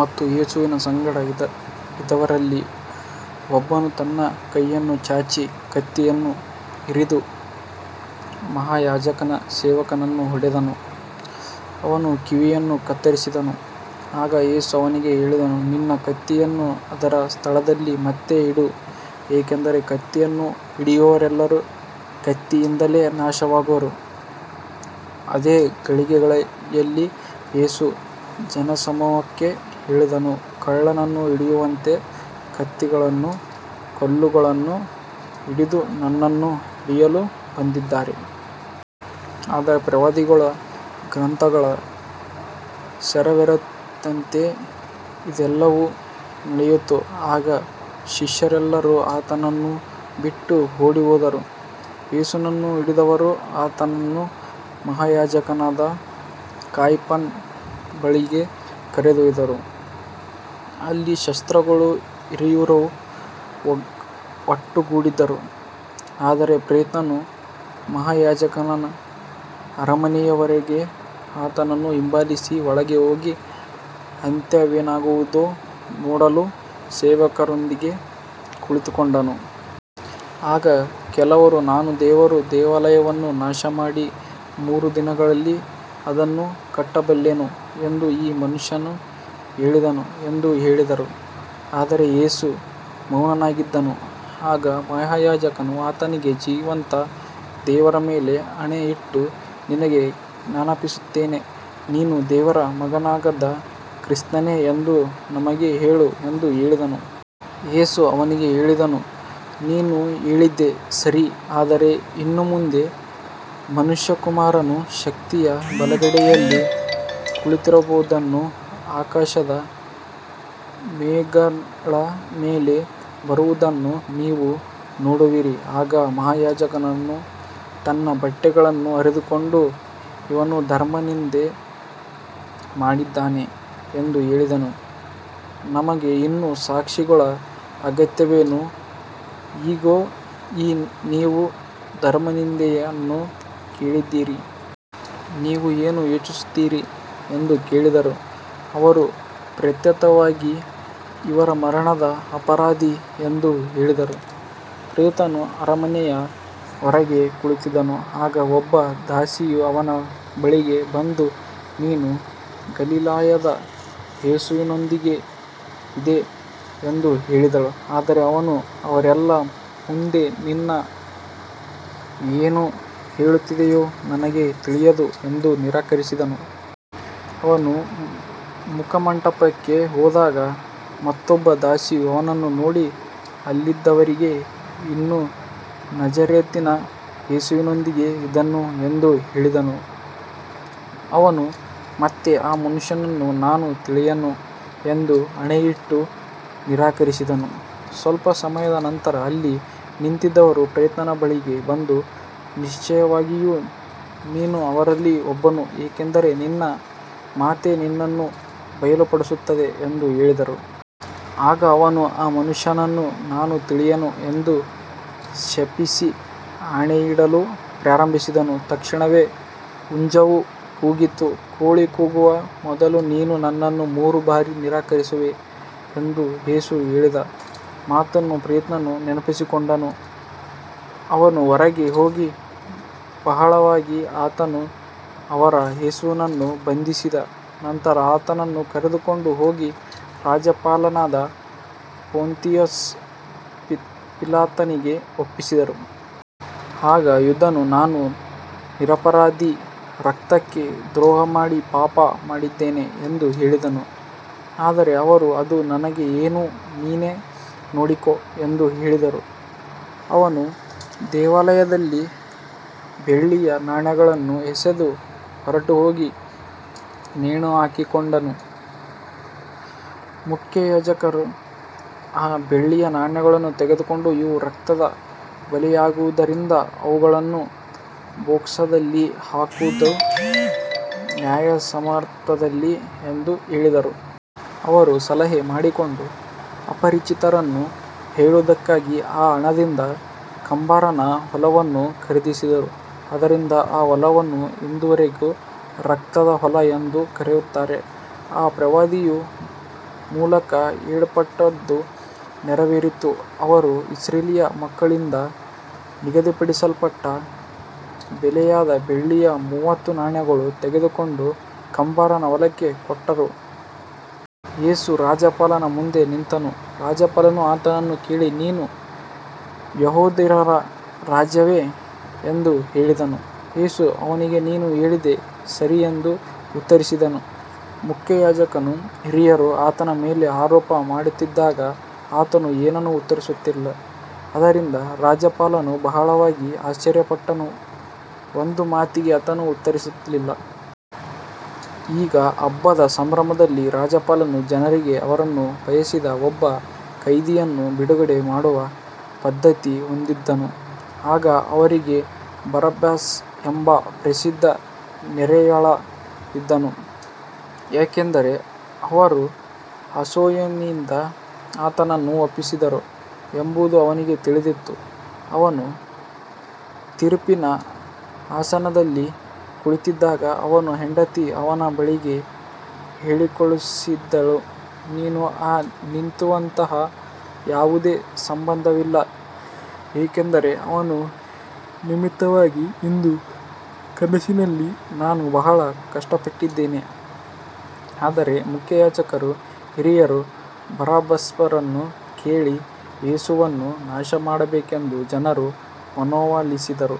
ಮತ್ತು ಯೇಸುವಿನ ಸಂಗಡ ಇದ್ದವರಲ್ಲಿ ಒಬ್ಬನು ತನ್ನ ಕೈಯನ್ನು ಚಾಚಿ ಕತ್ತಿಯನ್ನು ಹಿರಿದು ಮಹಾಯಾಜಕನ ಸೇವಕನನ್ನು ಹೊಡೆದು ಅವನ ಕಿವಿಯನ್ನು ಕತ್ತರಿಸಿದನು. ಆಗ ಯೇಸು ಅವನಿಗೆ ಹೇಳಿದನು, ನಿನ್ನ ಕತ್ತಿಯನ್ನು ಅದರ ಸ್ಥಳದಲ್ಲಿ ಮತ್ತೆ ಇಡು, ಏಕೆಂದರೆ ಕತ್ತಿಯನ್ನು ಹಿಡಿಯುವವರೆಲ್ಲರೂ ಕತ್ತಿಯಿಂದಲೇ ನಾಶವಾಗುವರು. ಅದೇ ಗಳಿಗೆಯಲ್ಲಿ ಯೇಸು ಜನಸಮೂಹಕ್ಕೆ ಹೇಳಿದನು, ಕಳ್ಳನನ್ನು ಹಿಡಿಯುವಂತೆ ಕತ್ತಿಗಳನ್ನೂ ಕೋಲುಗಳನ್ನೂ ಹಿಡಿದು ನನ್ನನ್ನು ಹಿಡಿಯಲು ಬಂದಿದ್ದೀರಾ. ಆದರೆ ಪ್ರವಾದಿಗಳ ಗ್ರಂಥಗಳು ನೆರವೇರುವಂತೆ ಇದೆಲ್ಲವೂ ನಡೆಯಿತು. ಆಗ ಶಿಷ್ಯರೆಲ್ಲರೂ ಆತನನ್ನು ಬಿಟ್ಟು ಓಡಿಹೋದರು. ಯೇಸುವನ್ನು ಹಿಡಿದವರು ಆತನನ್ನು ಮಹಾಯಾಜಕನಾದ ಕಾಯಫನ ಬಳಿಗೆ ಕರೆದೊಯ್ದರು, ಅಲ್ಲಿ ಶಾಸ್ತ್ರಿಗಳೂ ಹಿರಿಯರೂ ಒಟ್ಟುಗೂಡಿದ್ದರು. ಆದರೆ ಪೇತ್ರನು ಮಹಾಯಾಜಕನ ಅರಮನೆಯವರೆಗೆ ಆತನನ್ನು ಹಿಂಬಾಲಿಸಿ, ಒಳಗೆ ಹೋಗಿ ಅಂತ್ಯವೇನಾಗುವುದೋ ನೋಡಲು ಸೇವಕರೊಂದಿಗೆ ಕುಳಿತುಕೊಂಡನು. ಆಗ ಕೆಲವರು, ನಾನು ದೇವರ ದೇವಾಲಯವನ್ನು ನಾಶಮಾಡಿ ಮೂರು ದಿನಗಳಲ್ಲಿ ಅದನ್ನು ಕಟ್ಟಬಲ್ಲೆನು ಎಂದು ಈ ಮನುಷ್ಯನು ಹೇಳಿದನು ಎಂದು ಹೇಳಿದರು. ಆದರೆ ಯೇಸು ಮೌನವಾಗಿದ್ದನು. ಆಗ ಮಹಾಯಾಜಕನು ಆತನಿಗೆ, ಜೀವಂತ ದೇವರ ಮೇಲೆ ಆಣೆ ಇಟ್ಟು ನಿನಗೆ ಆಜ್ಞಾಪಿಸುತ್ತೇನೆ, ನೀನು ದೇವರ ಮಗನಾದ ಕ್ರಿಸ್ತನೇ ಎಂದು ನಮಗೆ ಹೇಳು ಎಂದು ಹೇಳಿದನು. ಯೇಸು ಅವನಿಗೆ ಹೇಳಿದನು, ನೀನು ಹೇಳಿದ್ದೇ ಸರಿ. ಆದರೆ ಇನ್ನು ಮುಂದೆ ಮನುಷ್ಯಕುಮಾರನು ಶಕ್ತಿಯ ಬಲಗಡೆಯಲ್ಲಿ ಕುಳಿತಿರುವುದನ್ನೂ ಆಕಾಶದ ಮೇಘಗಳ ಮೇಲೆ ಬರುವುದನ್ನೂ ನೀವು ನೋಡುವಿರಿ. ಆಗ ಮಹಾಯಾಜಕನು ತನ್ನ ಬಟ್ಟೆಗಳನ್ನು ಹರಿದುಕೊಂಡು, ಇವನು ಧರ್ಮನಿಂದೆ ಮಾಡಿದ್ದಾನೆ ಎಂದು ಹೇಳಿದನು. ನಮಗೆ ಇನ್ನು ಸಾಕ್ಷಿಗಳ ಅಗತ್ಯವೇನು, ಇಗೋ, ಈಗ ನೀವು ಧರ್ಮನಿಂದೆಯನ್ನು ಕೇಳಿದ್ದೀರಿ. ನೀವು ಏನು ಯೋಚಿಸುತ್ತೀರಿ ಎಂದು ಕೇಳಿದರು. ಅವರು ಪ್ರತ್ಯುತ್ತರವಾಗಿ, ಇವನು ಮರಣದ ಅಪರಾಧಿ ಎಂದು ಹೇಳಿದರು. ಪೇತ್ರನು ಅರಮನೆಯ ಹೊರಗೆ ಕುಳಿತಿದ್ದನು. ಆಗ ಒಬ್ಬ ದಾಸಿಯು ಅವನ ಬಳಿಗೆ ಬಂದು, ನೀನೂ ಗಲಿಲಾಯದ ಯೇಸುವಿನೊಂದಿಗೆ ಇದ್ದೆ ಎಂದು ಹೇಳಿದಳು. ಆದರೆ ಅವನು ಅವರೆಲ್ಲರ ಮುಂದೆ, ನೀನು ಏನು ಹೇಳುತ್ತಿದ್ದೀಯೋ ನನಗೆ ತಿಳಿಯದು ಎಂದು ನಿರಾಕರಿಸಿದನು. ಅವನು ಮುಖಮಂಟಪಕ್ಕೆ ಹೋದಾಗ ಮತ್ತೊಬ್ಬ ದಾಸಿಯು ಅವನನ್ನು ನೋಡಿ ಅಲ್ಲಿದ್ದವರಿಗೆ, ಇವನೂ ನಜರೇತಿನ ಯೇಸುವಿನೊಂದಿಗೆ ಇದ್ದನು ಎಂದು ಹೇಳಿದಳು. ಅವನು ಮತ್ತೆ, ಆ ಮನುಷ್ಯನನ್ನು ನಾನು ತಿಳಿಯೆನು ಎಂದು ಆಣೆಯಿಟ್ಟು ನಿರಾಕರಿಸಿದನು. ಸ್ವಲ್ಪ ಸಮಯದ ನಂತರ ಅಲ್ಲಿ ನಿಂತಿದ್ದವರು ಪೇತ್ರನ ಬಳಿಗೆ ಬಂದು, ನಿಶ್ಚಯವಾಗಿಯೂ ನೀನೂ ಅವರಲ್ಲಿ ಒಬ್ಬನು, ಏಕೆಂದರೆ ನಿನ್ನ ಮಾತೇ ನಿನ್ನನ್ನು ಬಯಲುಪಡಿಸುತ್ತದೆ ಎಂದು ಹೇಳಿದರು. ಆಗ ಅವನು, ಆ ಮನುಷ್ಯನನ್ನು ನಾನು ತಿಳಿಯೆನು ಎಂದು ಶಪಿಸಿ ಆಣೆಯಿಡಲು ಪ್ರಾರಂಭಿಸಿದನು. ತಕ್ಷಣವೇ ಹುಂಜವು ಕೂಗಿತು. ಕೋಳಿ ಕೂಗುವ ಮೊದಲು ನೀನು ನನ್ನನ್ನು ಮೂರು ಬಾರಿ ನಿರಾಕರಿಸುವೆ ಎಂದು ಯೇಸು ಹೇಳಿದ ಮಾತನ್ನು ಪೇತ್ರನು ನೆನಪಿಸಿಕೊಂಡನು. ಅವನು ಹೊರಗೆ ಹೋಗಿ ಬಹಳವಾಗಿ ಅತ್ತನು. ಅವರು ಯೇಸುವನ್ನು ಬಂಧಿಸಿದ ನಂತರ ಆತನನ್ನು ಕರೆದುಕೊಂಡು ಹೋಗಿ ರಾಜ್ಯಪಾಲನಾದ ಪೊಂತಿಯಸ್ ಪಿಲಾತನಿಗೆ ಒಪ್ಪಿಸಿದರು. ಆಗ ಯೂದನು, ನಾನು ನಿರಪರಾಧಿ ರಕ್ತಕ್ಕೆ ದ್ರೋಹಮಾಡಿ ಪಾಪ ಮಾಡಿದ್ದೇನೆ ಎಂದು ಹೇಳಿದನು. ಆದರೆ ಅವರು, ಅದು ನಮಗೆ ಏನು, ನೀನೇ ನೋಡಿಕೋ ಎಂದು ಹೇಳಿದರು. ಅವನು ದೇವಾಲಯದಲ್ಲಿ ಬೆಳ್ಳಿಯ ನಾಣ್ಯಗಳನ್ನು ಎಸೆದು ಹೊರಟುಹೋಗಿ ನೇಣು ಹಾಕಿಕೊಂಡನು. ಮುಖ್ಯಯಾಜಕರು ಆ ಬೆಳ್ಳಿಯ ನಾಣ್ಯಗಳನ್ನು ತೆಗೆದುಕೊಂಡು, ಇವು ರಕ್ತದ ಬೆಲೆಯಾಗಿರುವುದರಿಂದ ಅವುಗಳನ್ನು ಬೊಕ್ಕಸದಲ್ಲಿ ಹಾಕುವುದು ನ್ಯಾಯಸಮ್ಮತವಲ್ಲ ಎಂದು ಹೇಳಿದರು. ಅವರು ಸಲಹೆ ಮಾಡಿಕೊಂಡು ಅಪರಿಚಿತರನ್ನು ಹೂಳುವುದಕ್ಕಾಗಿ ಆ ಹಣದಿಂದ ಕುಂಬಾರನ ಹೊಲವನ್ನು ಖರೀದಿಸಿದರು. ಆದ್ದರಿಂದ ಆ ಹೊಲವನ್ನು ಇಂದಿನವರೆಗೂ ರಕ್ತದ ಹೊಲ ಎಂದು ಕರೆಯುತ್ತಾರೆ. ಆಗ ಪ್ರವಾದಿಯ ಮೂಲಕ ಹೇಳಲ್ಪಟ್ಟದ್ದು ನೆರವೇರಿತು, ಅವರು ಇಸ್ರಾಯೇಲಿನ ಮಕ್ಕಳಿಂದ ನಿಗದಿಪಡಿಸಲ್ಪಟ್ಟ ಬೆಲೆಯಾದ ಬೆಳ್ಳಿಯ ಮೂವತ್ತು ನಾಣ್ಯಗಳನ್ನು ತೆಗೆದುಕೊಂಡು ಕುಂಬಾರನ ಹೊಲಕ್ಕಾಗಿ ಕೊಟ್ಟರು. ಯೇಸು ರಾಜ್ಯಪಾಲನ ಮುಂದೆ ನಿಂತನು. ರಾಜ್ಯಪಾಲನು ಆತನನ್ನು ಕೇಳಿ, ನೀನು ಯೆಹೂದ್ಯರ ರಾಜನೇ ಎಂದು ಹೇಳಿದನು. ಯೇಸು ಅವನಿಗೆ, ನೀನು ಹೇಳಿದ್ದೇ ಸರಿ ಎಂದು ಉತ್ತರಿಸಿದನು. ಮುಖ್ಯಯಾಜಕರೂ ಹಿರಿಯರೂ ಆತನ ಮೇಲೆ ಆರೋಪ ಮಾಡುತ್ತಿದ್ದಾಗ ಆತನು ಏನನ್ನೂ ಉತ್ತರಿಸಲಿಲ್ಲ. ಆದ್ದರಿಂದ ರಾಜ್ಯಪಾಲನು ಬಹಳವಾಗಿ ಆಶ್ಚರ್ಯಪಟ್ಟನು, ಒಂದು ಮಾತಿಗೂ ಆತನು ಉತ್ತರಿಸಲಿಲ್ಲ. ಈಗ ಹಬ್ಬದ ಸಂದರ್ಭದಲ್ಲಿ ರಾಜ್ಯಪಾಲನು ಜನರಿಗೆ ಅವರು ಬಯಸಿದ ಒಬ್ಬ ಖೈದಿಯನ್ನು ಬಿಡುಗಡೆ ಮಾಡುವ ಪದ್ಧತಿ ಹೊಂದಿದ್ದನು. ಆಗ ಅವರಿಗೆ ಬರಬ್ಬಾಸ್ ಎಂಬ ಪ್ರಸಿದ್ಧ ಸೆರೆಯಾಳು ಇದ್ದನು. ಯಾಕಂದರೆ ಅವರು ಅಸೂಯೆಯಿಂದ ಆತನನ್ನು ಒಪ್ಪಿಸಿದ್ದರು ಎಂಬುದು ಅವನಿಗೆ ತಿಳಿದಿತ್ತು. ಅವನು ತೀರ್ಪಿನ ಆಸನದಲ್ಲಿ ಕುಳಿತಿದ್ದಾಗ ಅವನ ಹೆಂಡತಿ ಅವನ ಬಳಿಗೆ ಹೇಳಿಕಳುಹಿಸಿದಳು, ನೀನೂ ಆ ನೀತಿವಂತನೂ ಯಾವುದೇ ಸಂಬಂಧವಿಲ್ಲ, ಏಕೆಂದರೆ ಅವನ ನಿಮಿತ್ತವಾಗಿ ಇಂದು ಕನಸಿನಲ್ಲಿ ನಾನು ಬಹಳ ಕಷ್ಟಪಟ್ಟಿದ್ದೇನೆ. ಆದರೆ ಮುಖ್ಯಯಾಜಕರೂ ಹಿರಿಯರೂ ಬರಬ್ಬಾಸನನ್ನು ಕೇಳಿ ಯೇಸುವನ್ನು ನಾಶಮಾಡಬೇಕೆಂದು ಜನರನ್ನು ಮನವೊಲಿಸಿದರು.